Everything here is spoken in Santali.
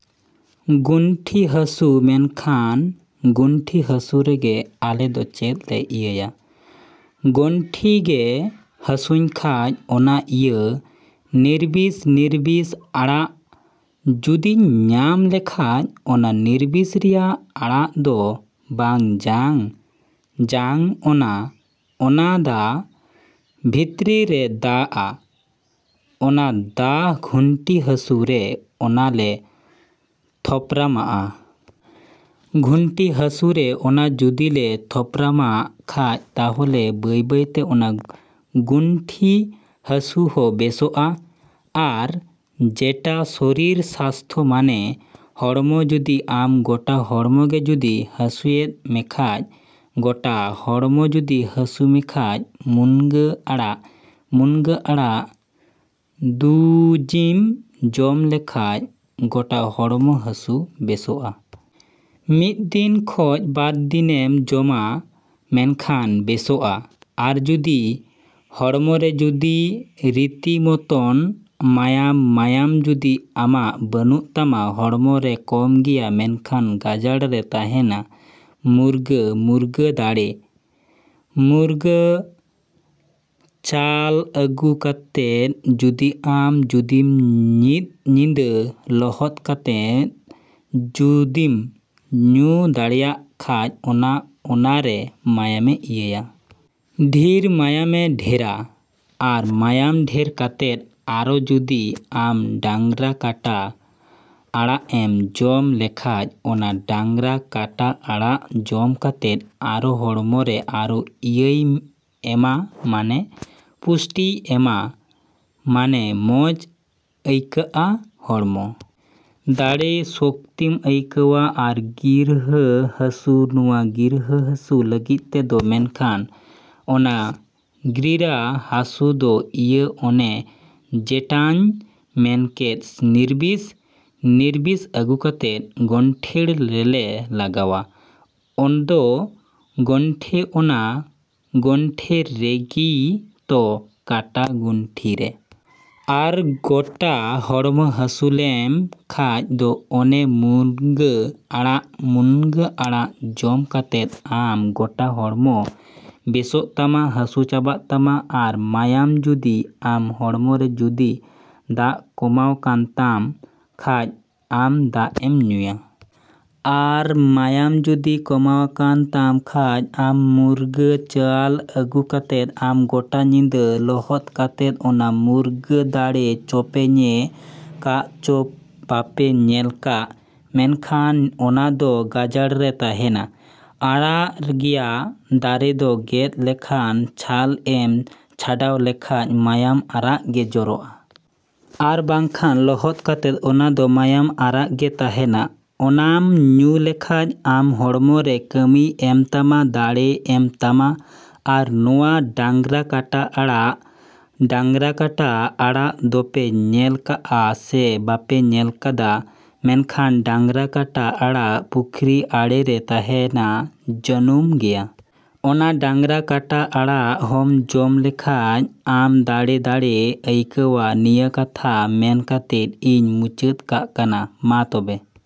ᱜᱩᱱᱴᱷᱤ ᱦᱟᱹᱥᱩ ᱢᱮᱱᱠᱷᱟᱱ ᱜᱩᱱᱴᱷᱤ ᱦᱟᱹᱥᱩ ᱨᱮᱜᱮ ᱟᱞᱮ ᱫᱚ ᱪᱮᱫ ᱞᱮ ᱤᱭᱟᱹᱭᱟ? ᱜᱚᱱᱴᱷᱤ ᱜᱮ ᱦᱟᱹᱥᱩᱧ ᱠᱷᱟᱡ ᱚᱱᱟ ᱤᱭᱟᱹ ᱱᱤᱨᱵᱤᱥ, ᱱᱤᱨᱵᱤᱥ ᱟᱲᱟᱜ ᱡᱩᱫᱤᱧ ᱧᱟᱢ ᱞᱮᱠᱷᱟᱡ ᱚᱱᱟ ᱱᱤᱨᱵᱤᱥ ᱨᱮᱭᱟᱜ ᱟᱲᱟᱜ ᱫᱚ ᱵᱟᱝ ᱡᱟᱝ, ᱡᱟᱝ ᱚᱱᱟ, ᱚᱱᱟ ᱫᱟ, ᱵᱷᱤᱛᱨᱤ ᱨᱮ ᱫᱟᱜᱼᱟ, ᱚᱱᱟ ᱫᱟ ᱜᱩᱱᱴᱷᱤ ᱦᱟᱹᱥᱩ ᱨᱮ ᱚᱱᱟ ᱞᱮ ᱛᱷᱚᱯᱨᱟᱢᱟᱜᱼᱟ᱾ ᱜᱩᱱᱴᱷᱤ ᱦᱟᱹᱥᱩ ᱨᱮ ᱚᱱᱟ ᱡᱩᱫᱤ ᱞᱮ ᱛᱷᱚᱯᱨᱟᱢᱟᱜ ᱠᱷᱟᱡ ᱛᱟᱦᱚᱞᱮ ᱵᱟᱹᱭ ᱵᱟᱹᱭᱛᱮ ᱚᱱᱟ ᱜᱩᱱᱴᱷᱤ ᱦᱟᱹᱥᱩ ᱦᱚᱸ ᱵᱮᱥᱚᱜᱼᱟ᱾ ᱟᱨ ᱡᱮᱴᱟ ᱥᱚᱨᱤᱨ ᱥᱟᱥᱛᱷᱚ ᱢᱟᱱᱮ ᱦᱚᱲᱢᱚ ᱡᱩᱫᱤ ᱟᱢ ᱜᱚᱴᱟ ᱦᱚᱲᱢᱚ ᱜᱮ ᱡᱩᱫᱤ ᱦᱟᱥᱩᱭᱮᱫ ᱢᱮᱠᱷᱟᱡ ᱜᱚᱴᱟ ᱦᱚᱲᱢᱚ ᱡᱩᱫᱤ ᱦᱟᱥᱩ ᱢᱮᱠᱷᱟᱡ ᱢᱩᱱᱜᱟᱹ ᱟᱲᱟᱜ, ᱢᱩᱱᱜᱟᱹ ᱟᱲᱟᱜ ᱫᱩᱡᱤᱢ ᱡᱚᱢ ᱞᱮᱠᱷᱟᱡ ᱜᱚᱴᱟ ᱦᱚᱲᱢᱚ ᱦᱟᱹᱥᱩ ᱵᱮᱥᱚᱜᱼᱟ᱾ ᱢᱤᱫ ᱫᱤᱱ ᱠᱷᱚᱡ ᱵᱟᱨ ᱫᱤᱱᱮᱢ ᱡᱚᱢᱟ ᱢᱮᱱᱠᱷᱟᱱ ᱵᱮᱥᱚᱜᱼᱟ᱾ ᱟᱨ ᱡᱩᱫᱤ ᱦᱚᱲᱢᱚ ᱨᱮ ᱡᱩᱫᱤ ᱨᱤᱛᱤ ᱢᱚᱛᱚᱱ ᱢᱟᱭᱟᱢ, ᱢᱟᱭᱟᱢ ᱡᱩᱫᱤ ᱟᱢᱟᱜ ᱵᱟᱹᱱᱩᱜ ᱛᱟᱢᱟ ᱦᱚᱲᱢᱚ ᱨᱮ ᱠᱚᱢ ᱜᱮᱭᱟ ᱢᱮᱱᱠᱷᱟᱱ ᱜᱟᱡᱟᱲ ᱨᱮ ᱛᱟᱦᱮᱱᱟ ᱢᱩᱨᱜᱟᱹ ᱢᱩᱨᱜᱟᱹ ᱫᱟᱨᱮ, ᱢᱩᱨᱜᱟᱹ ᱪᱷᱟᱞ ᱟᱹᱜᱩ ᱠᱟᱛᱮᱫ ᱡᱩᱫᱤ ᱟᱢ ᱡᱩᱫᱤᱢ ᱢᱤᱫ ᱧᱤᱫᱟᱹ ᱞᱚᱦᱚᱫ ᱠᱟᱛᱮᱫ ᱡᱩᱫᱤᱢ ᱧᱩ ᱫᱟᱲᱮᱭᱟᱜ ᱠᱷᱟᱡ ᱚᱱᱟ ᱚᱱᱟ ᱨᱮ ᱢᱟᱭᱟᱢᱮ ᱤᱭᱟᱹᱭᱟ᱾ ᱰᱷᱤᱨ ᱢᱟᱭᱟᱢᱮ ᱰᱷᱮᱨᱟ᱾ ᱟᱨ ᱢᱟᱭᱟᱢ ᱰᱷᱮᱨ ᱠᱟᱛᱮᱫ ᱟᱨᱚ ᱡᱩᱫᱤ ᱟᱢ ᱰᱟᱝᱨᱟ ᱠᱟᱴᱟ ᱟᱲᱟᱜ ᱮᱢ ᱡᱚᱢ ᱞᱮᱠᱷᱟᱡ, ᱚᱱᱟ ᱰᱟᱝᱨᱟ ᱠᱟᱴᱟ ᱟᱲᱟᱜ ᱡᱚᱢ ᱠᱟᱛᱮᱫ ᱟᱨᱚ ᱦᱚᱲᱢᱚ ᱨᱮ ᱟᱨᱚ ᱤᱭᱟᱹᱭ ᱮᱢᱟ ᱢᱟᱱᱮ ᱯᱩᱥᱴᱤᱭ ᱮᱢᱟ ᱢᱟᱱᱮ ᱢᱚᱡᱽ ᱟᱹᱭᱠᱟᱹᱜᱼᱟ ᱦᱚᱲᱢᱚ᱾ ᱫᱟᱲᱮ ᱥᱚᱠᱛᱤᱢ ᱟᱹᱭᱠᱟᱹᱣᱟ᱾ ᱟᱨ ᱜᱤᱨᱦᱟᱹ ᱦᱟᱹᱥᱩ ᱱᱚᱣᱟ ᱜᱤᱨᱦᱟᱹ ᱦᱟᱥᱩ ᱞᱟᱹᱜᱤᱫ ᱛᱮᱫᱚ ᱢᱮᱱᱠᱷᱟᱱ ᱚᱱᱟ ᱜᱨᱤᱨᱟᱹ ᱦᱟᱹᱥᱩ ᱫᱚ ᱤᱭᱟᱹ ᱚᱱᱮ ᱡᱮᱴᱟᱧ ᱢᱮᱱᱠᱮᱫ ᱱᱤᱨᱵᱤᱥ, ᱱᱤᱨᱵᱤᱥ ᱟᱹᱜᱩ ᱠᱟᱛᱮᱫ ᱜᱚᱱᱴᱷᱮᱲ ᱨᱮᱞᱮ ᱞᱟᱜᱟᱣᱟ᱾ ᱟᱫᱚ ᱜᱚᱱᱴᱷᱮ ᱚᱱᱟ ᱜᱚᱱᱴᱷᱮ ᱨᱮᱜᱤ ᱛᱚ, ᱠᱟᱴᱟ ᱜᱚᱱᱴᱷᱤ ᱨᱮ᱾ ᱟᱨ ᱜᱚᱴᱟ ᱦᱚᱲᱢᱚ ᱦᱟᱹᱥᱩ ᱞᱮᱢ ᱠᱷᱟᱡ ᱫᱚ ᱚᱱᱮ ᱢᱩᱱᱜᱟᱹ ᱟᱲᱟᱜ, ᱢᱩᱱᱜᱟᱹ ᱟᱲᱟᱜ ᱡᱚᱢ ᱠᱟᱛᱮᱫ ᱟᱢ ᱜᱚᱴᱟ ᱦᱚᱲᱢᱚ ᱵᱮᱥᱚᱜ ᱛᱟᱢᱟ ᱦᱟᱹᱥᱩ ᱪᱟᱵᱟᱜ ᱛᱟᱢᱟ᱾ ᱟᱨ ᱢᱟᱭᱟᱢ ᱡᱩᱫᱤ ᱟᱢ ᱦᱚᱲᱢᱚ ᱨᱮ ᱡᱩᱫᱤ ᱫᱟᱜ ᱠᱚᱢᱟᱣ ᱠᱟᱱ ᱛᱟᱢ ᱠᱷᱟᱡ ᱟᱢ ᱫᱟᱜᱼᱮᱢ ᱧᱩᱭᱟ᱾ ᱟᱨ ᱢᱟᱭᱟᱢ ᱡᱩᱫᱤ ᱠᱚᱢᱟᱣᱟᱠᱟᱱ ᱛᱟᱢ ᱠᱷᱟᱡ ᱟᱢ ᱢᱩᱨᱜᱟᱹ ᱪᱷᱟᱞ ᱟᱹᱜᱩ ᱠᱟᱛᱮᱫ ᱟᱢ ᱜᱚᱴᱟ ᱧᱤᱫᱟᱹ ᱞᱚᱦᱚᱫ ᱠᱟᱛᱮᱫ ᱚᱱᱟ ᱢᱩᱨᱜᱟᱹ ᱫᱟᱨᱮ ᱪᱚᱯᱮ ᱧᱮ ᱠᱟᱜ ᱪᱚ ᱵᱟᱯᱮ ᱧᱮᱞ ᱠᱟᱜ? ᱢᱮᱱᱠᱷᱟᱱ ᱚᱱᱟ ᱫᱚ ᱜᱟᱡᱟᱲ ᱨᱮ ᱛᱮᱦᱮᱱᱟ᱾ ᱟᱨᱟᱜ ᱜᱮᱭᱟ ᱫᱟᱨᱮ ᱫᱚ ᱜᱮᱫ ᱞᱮᱠᱷᱟᱱ, ᱪᱷᱟᱞᱮᱢ ᱪᱷᱟᱰᱟᱣ ᱞᱮᱠᱷᱟᱡ ᱢᱟᱭᱟᱢ ᱟᱨᱟᱜ ᱜᱮ ᱡᱚᱨᱚᱜᱼᱟ᱾ ᱟᱨ ᱵᱟᱝᱠᱷᱟᱱ ᱞᱚᱦᱚᱫ ᱠᱟᱛᱮᱫ ᱚᱱᱟ ᱫᱚ ᱢᱟᱭᱟᱢ ᱟᱨᱟᱜ ᱜᱮ ᱛᱟᱦᱮᱱᱟ᱾ ᱚᱱᱟᱢ ᱧᱩ ᱞᱮᱠᱷᱟᱡ ᱟᱢ ᱦᱚᱲᱢᱚ ᱨᱮ ᱠᱟᱹᱢᱤᱭ ᱮᱢ ᱛᱟᱢᱟ. ᱫᱟᱲᱮᱭ ᱮᱢ ᱛᱟᱢᱟ᱾ ᱟᱨ ᱱᱚᱣᱟ ᱰᱟᱝᱨᱟ ᱠᱟᱴᱟ ᱟᱲᱟᱜ, ᱰᱟᱝᱨᱟ ᱠᱟᱴᱟ ᱟᱲᱟᱜ ᱫᱚᱯᱮ ᱧᱮᱞ ᱠᱟᱜᱼᱟ ᱥᱮ ᱵᱟᱯᱮ ᱧᱮᱞ ᱠᱟᱫᱟ ᱢᱮᱱᱠᱷᱟᱱ ᱰᱟᱝᱨᱟ ᱠᱟᱴᱟ ᱟᱲᱟᱜ ᱯᱩᱠᱷᱨᱤ ᱟᱲᱮ ᱨᱮ ᱛᱟᱦᱮᱱᱟ ᱡᱟᱹᱱᱩᱢ ᱜᱮᱭᱟ᱾ ᱚᱱᱟ ᱰᱟᱝᱨᱟ ᱠᱟᱴᱟ ᱟᱲᱟᱜ ᱦᱚᱢ ᱡᱚᱢ ᱞᱮᱠᱷᱟᱡ ᱟᱢ ᱫᱟᱲᱮ ᱫᱟᱲᱮ ᱟᱹᱭᱠᱟᱹᱣᱟ᱾ ᱱᱤᱭᱟᱹ ᱠᱟᱛᱷᱟ ᱢᱮᱱ ᱠᱟᱛᱮᱫ ᱤᱧ ᱢᱩᱪᱟᱹᱛ ᱠᱟᱜ ᱠᱟᱱᱟ᱾ ᱢᱟ ᱛᱚᱵᱮ᱾